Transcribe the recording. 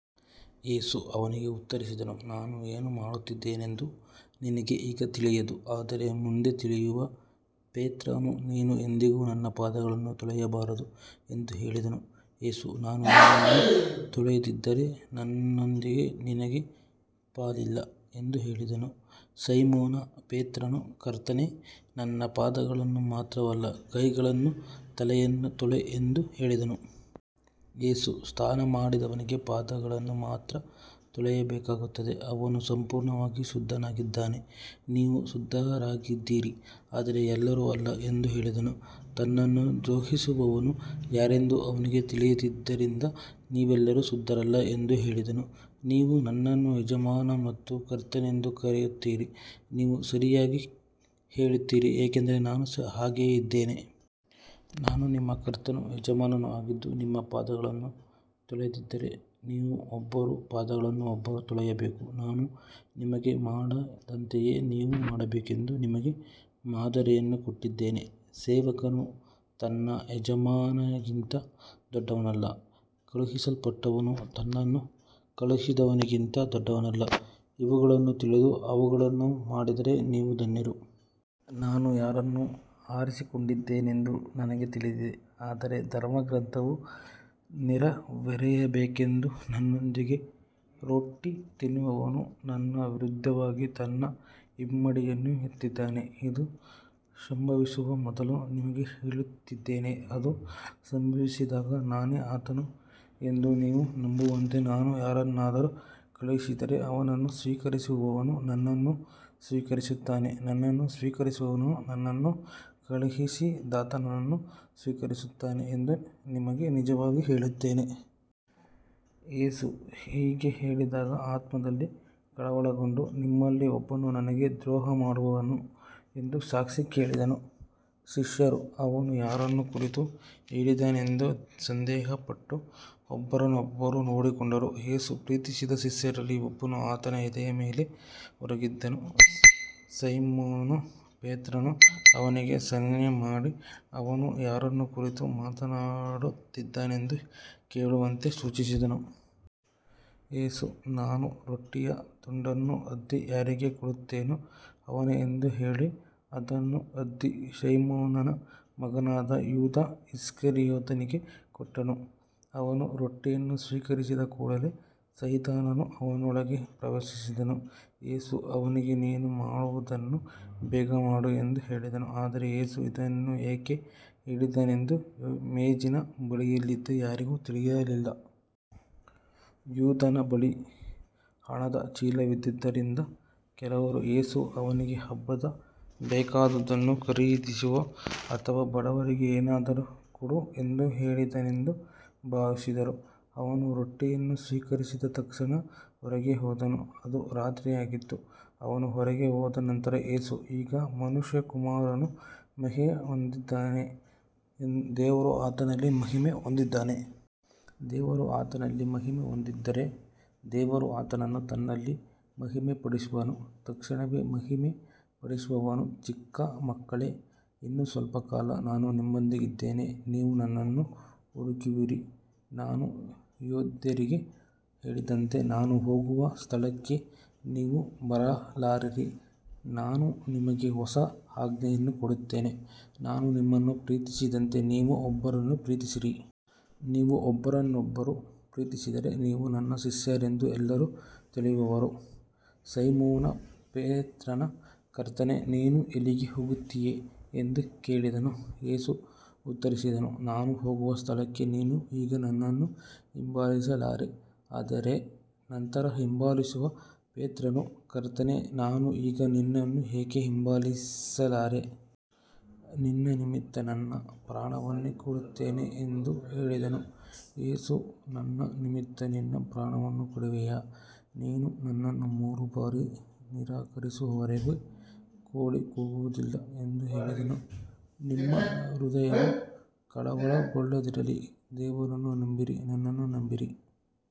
ಯೇಸು ಅವನಿಗೆ ಉತ್ತರಿಸಿದನು, ನಾನು ಏನು ಮಾಡುತ್ತಿದ್ದೇನೆಂದು ನಿನಗೆ ಈಗ ತಿಳಿಯದು, ಆದರೆ ಮುಂದೆ ತಿಳಿಯುವೆ. ಪೇತ್ರನು, ನೀನು ಎಂದಿಗೂ ನನ್ನ ಪಾದಗಳನ್ನು ತೊಳೆಯಬಾರದು ಎಂದು ಹೇಳಿದನು. ಯೇಸು, ನಾನು ನಿನ್ನನ್ನು ತೊಳೆಯದಿದ್ದರೆ ನನ್ನೊಂದಿಗೆ ನಿನಗೆ ಪಾಲಿಲ್ಲ ಎಂದು ಹೇಳಿದನು. ಸೈಮೋನ ಪೇತ್ರನು, ಕರ್ತನೇ, ನನ್ನ ಪಾದಗಳನ್ನು ಮಾತ್ರವಲ್ಲ, ಕೈಗಳನ್ನೂ ತಲೆಯನ್ನೂ ತೊಳೆ ಎಂದು ಹೇಳಿದನು. ಯೇಸು, ಸ್ನಾನಮಾಡಿದವನಿಗೆ ಪಾದಗಳನ್ನು ಮಾತ್ರ ತೊಳೆಯಬೇಕಾಗುತ್ತದೆ, ಅವನು ಸಂಪೂರ್ಣವಾಗಿ ಶುದ್ಧನಾಗಿದ್ದಾನೆ. ನೀವು ಶುದ್ಧರಾಗಿದ್ದೀರಿ, ಆದರೆ ಎಲ್ಲರೂ ಅಲ್ಲ ಎಂದು ಹೇಳಿದನು. ತನ್ನನ್ನು ದ್ರೋಹಿಸುವವನು ಯಾರೆಂದು ಅವನಿಗೆ ತಿಳಿದಿದ್ದರಿಂದ ನೀವೆಲ್ಲರೂ ಶುದ್ಧರಲ್ಲ ಎಂದು ಹೇಳಿದನು. ನೀವು ನನ್ನನ್ನು ಯಜಮಾನ ಮತ್ತು ಕರ್ತನೆಂದು ಕರೆಯುತ್ತೀರಿ, ನೀವು ಸರಿಯಾಗಿ ಹೇಳುತ್ತೀರಿ, ಏಕೆಂದರೆ ನಾನು ಹಾಗೆಯೇ ಇದ್ದೇನೆ. ನಾನು ನಿಮ್ಮ ಕರ್ತನೂ ಯಜಮಾನನೂ ಆಗಿದ್ದು ನಿಮ್ಮ ಪಾದಗಳನ್ನು ತೊಳೆದಿದ್ದರೆ, ನೀವೂ ಒಬ್ಬರ ಪಾದಗಳನ್ನು ಒಬ್ಬರು ತೊಳೆಯಬೇಕು. ನಾನು ನಿಮಗೆ ಮಾಡಿದಂತೆಯೇ ನೀವು ಮಾಡಬೇಕೆಂದು ನಿಮಗೆ ಮಾದರಿಯನ್ನು ಕೊಟ್ಟಿದ್ದೇನೆ. ಸೇವಕನು ತನ್ನ ಯಜಮಾನನಿಗಿಂತ ದೊಡ್ಡವನಲ್ಲ, ಕಳುಹಿಸಲ್ಪಟ್ಟವನೂ ತನ್ನನ್ನು ಕಳುಹಿಸಿದವನಿಗಿಂತ ದೊಡ್ಡವನಲ್ಲ. ಇವುಗಳನ್ನು ತಿಳಿದು ಅವುಗಳನ್ನು ಮಾಡಿದರೆ ನೀವು ಧನ್ಯರು. ನಾನು ಯಾರನ್ನು ಆರಿಸಿಕೊಂಡಿದ್ದೇನೆಂದು ನನಗೆ ತಿಳಿದಿದೆ, ಆದರೆ ಧರ್ಮಗ್ರಂಥವು ನೆರವೇರಬೇಕೆಂದು ನನ್ನೊಂದಿಗೆ ರೊಟ್ಟಿ ತಿನ್ನುವವನು ನನ್ನ ವಿರುದ್ಧವಾಗಿ ತನ್ನ ಹಿಮ್ಮಡಿಯನ್ನು ಎತ್ತಿದ್ದಾನೆ. ಇದು ಸಂಭವಿಸುವ ಮೊದಲು ನಿಮಗೆ ಹೇಳುತ್ತಿದ್ದೇನೆ, ಅದು ಸಂಭವಿಸಿದಾಗ ನಾನೇ ಆತನು ಎಂದು ನೀವು ನಂಬುವಂತೆ. ನಾನು ಯಾರನ್ನಾದರೂ ಕಳುಹಿಸಿದರೆ ಅವನನ್ನು ಸ್ವೀಕರಿಸುವವನು ನನ್ನನ್ನು ಸ್ವೀಕರಿಸುತ್ತಾನೆ, ನನ್ನನ್ನು ಸ್ವೀಕರಿಸುವವನು ನನ್ನನ್ನು ಕಳುಹಿಸಿದಾತನನ್ನು ಸ್ವೀಕರಿಸುತ್ತಾನೆ ಎಂದು ನಿಮಗೆ ನಿಜವಾಗಿ ಹೇಳುತ್ತೇನೆ. ಯೇಸು ಹೀಗೆ ಹೇಳಿದಾಗ ಆತ್ಮದಲ್ಲಿ ಕಳವಳಗೊಂಡು, ನಿಮ್ಮಲ್ಲಿ ಒಬ್ಬನು ನನಗೆ ದ್ರೋಹಮಾಡುವನು ಎಂದು ಸಾಕ್ಷಿ ಹೇಳಿದನು. ಶಿಷ್ಯರು ಅವನು ಯಾರನ್ನು ಕುರಿತು ಹೇಳಿದನೆಂದು ಸಂದೇಹಪಟ್ಟು ಒಬ್ಬರನ್ನೊಬ್ಬರು ನೋಡಿಕೊಂಡರು. ಯೇಸು ಪ್ರೀತಿಸಿದ ಶಿಷ್ಯರಲ್ಲಿ ಒಬ್ಬನು ಆತನ ಎದೆಯ ಮೇಲೆ ಒರಗಿದ್ದನು. ಸೈಮೋನ ಪೇತ್ರನು ಅವನಿಗೆ ಸನ್ನೆ ಮಾಡಿ, ಅವನು ಯಾರನ್ನು ಕುರಿತು ಮಾತನಾಡುತ್ತಿದ್ದಾನೆಂದು ಕೇಳುವಂತೆ ಸೂಚಿಸಿದನು. ಯೇಸು, ನಾನು ರೊಟ್ಟಿಯ ತುಂಡನ್ನು ಅದ್ದಿ ಯಾರಿಗೆ ಕೊಡುತ್ತೇನೋ ಅವನೇ ಎಂದು ಹೇಳಿ, ಅದನ್ನು ಅದ್ದಿ ಸೈಮೋನನ ಮಗನಾದ ಯೂದ ಇಸ್ಕರಿಯೋತನಿಗೆ ಕೊಟ್ಟನು. ಅವನು ರೊಟ್ಟಿಯನ್ನು ಸ್ವೀಕರಿಸಿದ ಕೂಡಲೇ ಸೈತಾನನು ಅವನೊಳಗೆ ಪ್ರವೇಶಿಸಿದನು. ಯೇಸು ಅವನಿಗೆ, ನೀನು ಮಾಡುವುದನ್ನು ಬೇಗ ಮಾಡು ಎಂದು ಹೇಳಿದನು. ಆದರೆ ಯೇಸು ಇದನ್ನು ಏಕೆ ಹೇಳಿದನೆಂದು ಮೇಜಿನ ಬಳಿಯಲ್ಲಿದ್ದ ಯಾರಿಗೂ ತಿಳಿಯಲಿಲ್ಲ. ಯೂದನ ಬಳಿ ಹಣದ ಚೀಲವಿದ್ದುದರಿಂದ ಕೆಲವರು ಯೇಸು ಅವನಿಗೆ ಹಬ್ಬಕ್ಕೆ ಬೇಕಾದುದನ್ನು ಖರೀದಿಸು ಅಥವಾ ಬಡವರಿಗೆ ಏನಾದರೂ ಕೊಡು ಎಂದು ಹೇಳಿದನೆಂದು ಭಾವಿಸಿದರು. ಅವನು ರೊಟ್ಟಿಯನ್ನು ಸ್ವೀಕರಿಸಿದ ತಕ್ಷಣ ಹೊರಗೆ ಹೋದನು, ಅದು ರಾತ್ರಿಯಾಗಿತ್ತು. ಅವನು ಹೊರಗೆ ಹೋದ ನಂತರ ಯೇಸು, ಈಗ ಮನುಷ್ಯಕುಮಾರನು ಮಹಿಮೆ ಹೊಂದಿದ್ದಾನೆ, ದೇವರೂ ಆತನಲ್ಲಿ ಮಹಿಮೆ ಹೊಂದಿದ್ದಾನೆ. ದೇವರು ಆತನಲ್ಲಿ ಮಹಿಮೆ ಹೊಂದಿದ್ದರೆ ದೇವರೂ ಆತನನ್ನು ತನ್ನಲ್ಲಿ ಮಹಿಮೆಪಡಿಸುವನು, ತಕ್ಷಣವೇ ಮಹಿಮೆಪಡಿಸುವನು. ಚಿಕ್ಕ ಮಕ್ಕಳೇ, ಇನ್ನೂ ಸ್ವಲ್ಪ ಕಾಲ ನಾನು ನಿಮ್ಮೊಂದಿಗಿದ್ದೇನೆ. ನೀವು ನನ್ನನ್ನು ಹುಡುಕುವಿರಿ, ನಾನು ಯೆಹೂದ್ಯರಿಗೆ ಹೇಳಿದಂತೆ, ನಾನು ಹೋಗುವ ಸ್ಥಳಕ್ಕೆ ನೀವು ಬರಲಾರಿರಿ. ನಾನು ನಿಮಗೆ ಹೊಸ ಆಜ್ಞೆಯನ್ನು ಕೊಡುತ್ತೇನೆ, ನಾನು ನಿಮ್ಮನ್ನು ಪ್ರೀತಿಸಿದಂತೆ ನೀವೂ ಒಬ್ಬರನ್ನೊಬ್ಬರು ಪ್ರೀತಿಸಿರಿ. ನೀವು ಒಬ್ಬರನ್ನೊಬ್ಬರು ಪ್ರೀತಿಸಿದರೆ, ನೀವು ನನ್ನ ಶಿಷ್ಯರೆಂದು ಎಲ್ಲರೂ ತಿಳಿಯುವರು. ಸೈಮೋನ ಪೇತ್ರನು, ಕರ್ತನೇ, ನೀನು ಎಲ್ಲಿಗೆ ಹೋಗುತ್ತೀಯೆ ಎಂದು ಕೇಳಿದನು. ಯೇಸು ಉತ್ತರಿಸಿದನು, ನಾನು ಹೋಗುವ ಸ್ಥಳಕ್ಕೆ ನೀನು ಈಗ ನನ್ನನ್ನು ಹಿಂಬಾಲಿಸಲಾರೆ, ಆದರೆ ನಂತರ ಹಿಂಬಾಲಿಸುವೆ. ಪೇತ್ರನು, ಕರ್ತನೇ, ನಾನು ಈಗ ನಿನ್ನನ್ನು ಏಕೆ ಹಿಂಬಾಲಿಸಲಾರೆ? ನಿನ್ನ ನಿಮಿತ್ತ ನನ್ನ ಪ್ರಾಣವನ್ನೇ ಕೊಡುತ್ತೇನೆ ಎಂದು ಹೇಳಿದನು. ಯೇಸು, ನನ್ನ ನಿಮಿತ್ತ ನಿನ್ನ ಪ್ರಾಣವನ್ನು ಕೊಡುವೆಯಾ? ನೀನು ನನ್ನನ್ನು ಮೂರು ಬಾರಿ ನಿರಾಕರಿಸುವವರೆಗೆ ಕೋಳಿ ಕೂಗುವುದಿಲ್ಲ ಎಂದು ಹೇಳಿದನು. ನಿಮ್ಮ ಹೃದಯವು ಕಳವಳಗೊಳ್ಳದಿರಲಿ, ದೇವರನ್ನು ನಂಬಿರಿ, ನನ್ನನ್ನೂ ನಂಬಿರಿ.